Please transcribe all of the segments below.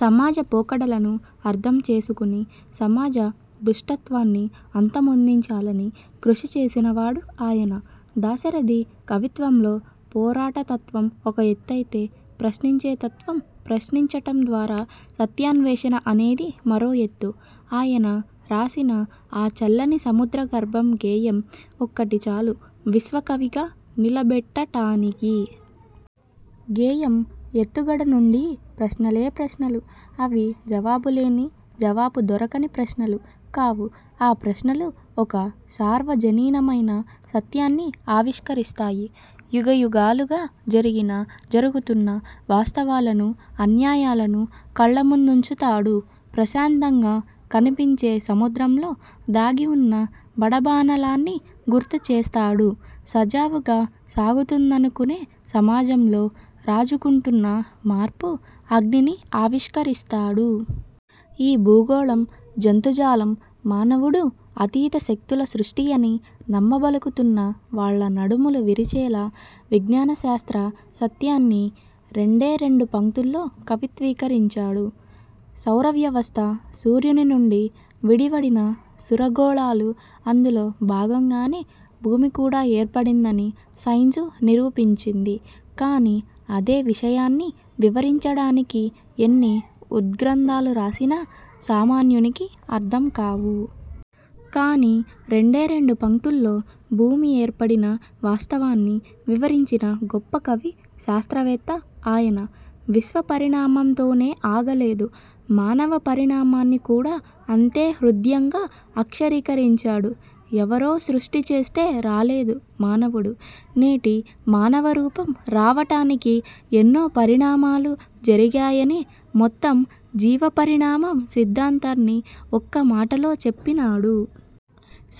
సమాజ పోకడలను అర్థం చేసుకుని సమాజ దుష్టత్వాన్ని అంతమొందించాలని కృషి చేసినవాడు ఆయన. దాశరథి కవిత్వంలో పోరాటతత్వం ఒక ఎత్తైతే ప్రశ్నించే తత్వం, ప్రశ్నించటం ద్వారా సత్యాన్వేషణ అనేది మరో ఎత్తు. ఆయన రాసిన 'ఆ చల్లని సముద్ర గర్భం' గేయం ఒక్కటి చాలు విశ్వకవిగా నిలబెట్టటానికి. గేయం ఎత్తుగడ నుండీ ప్రశ్నలే ప్రశ్నలు! అవి జవాబులేని, జవాబు దొరకని ప్రశ్నలు కావు. ఆ ప్రశ్నలు ఒక సార్వజనీనమైన సత్యాన్ని ఆవిష్కరిస్తాయి. యుగయుగాలుగా జరిగిన, జరుగుతున్న వాస్తవాలను, అన్యాయాలను కళ్లముందుంచుతాడు. ప్రశాంతంగా కనిపించే సముద్రంలో దాగివున్న బడబానలాన్ని గుర్తుచేస్తాడు. సజావుగా సాగుతుందనుకునే సమాజంలో రాజుకుంటున్న 'మార్పు' అగ్నిని ఆవిష్కరిస్తాడు. ఈ భూగోళం, జంతుజాలం, మానవుడూ అతీతశక్తుల సృష్టియని నమ్మబలుకుతున్న వాళ్ల నడుములు విరిచేలా విజ్ఞాన శాస్త్ర సత్యాన్ని రెండే రెండు పంక్తుల్లో కవిత్వీకరించాడు. సౌరవ్యవస్థ, సూర్యుని నుండి విడివడిన సురగోళాలు, అందులో భాగంగానే భూమి కూడా ఏర్పడిందని సైన్సు నిరూపించింది. కానీ అదే విషయాన్ని వివరించడానికి ఎన్ని ఉద్ర్గంథాలు రాసినా సామాన్యునికి అర్థం కావు. కానీ రెండే రెండు పంక్తులో భూమి ఏర్పడిన వాస్తవాన్ని వివరించిన గొప్ప కవి శాస్త్రవేత్త ఆయన. విశ్వపరిణామంతోనే ఆగలేదు. మానవ పరిణామాన్ని కూడా అంతే హృద్యంగా అక్షరీకరించాడు. ఎవరో సృష్టిచేస్తే రాలేదు మానవుడు. నేటి మానవ రూపం రావటానికి ఎన్నో పరిణామాలు జరిగాయని, మొత్తం జీవపరిణామం సిద్ధాంతాన్ని ఒక్కమాటలో చెప్పినాడు.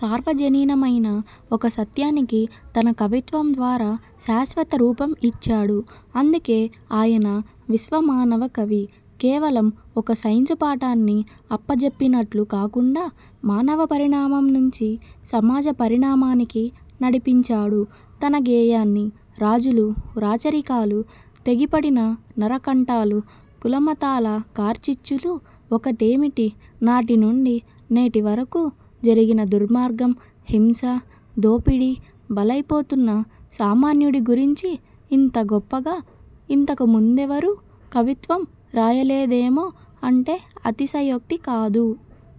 సార్వజనీనమైన ఒక సత్యానికి తన కవిత్వం ద్వారా శాశ్వత రూపం ఇచ్చాడు. అందుకే ఆయన విశ్వ మానవ కవి. కేవలం ఒక సైన్సు పాఠాన్ని అప్పజెప్పినట్లు కాకుండా మానవ పరిణామం నుంచి సమాజ పరిణామానికి నడిపించాడు తన గేయాన్ని. రాజులు, రాచరికాలు, తెగిపడిన నరకంఠాలు, కులమతాల కార్చిచ్చులూ ఒకటేమిటి నాటి నుండి నేటి వరకూ జరిగిన దుర్మార్గం, హింస, దోపిడీ, బలైపోతున్న సామాన్యుడి గురించి ఇంత గొప్పగా ఇంతకు ముందెవరూ కవిత్వం రాయలేదేమో అంటే అతిశయోక్తి కాదు.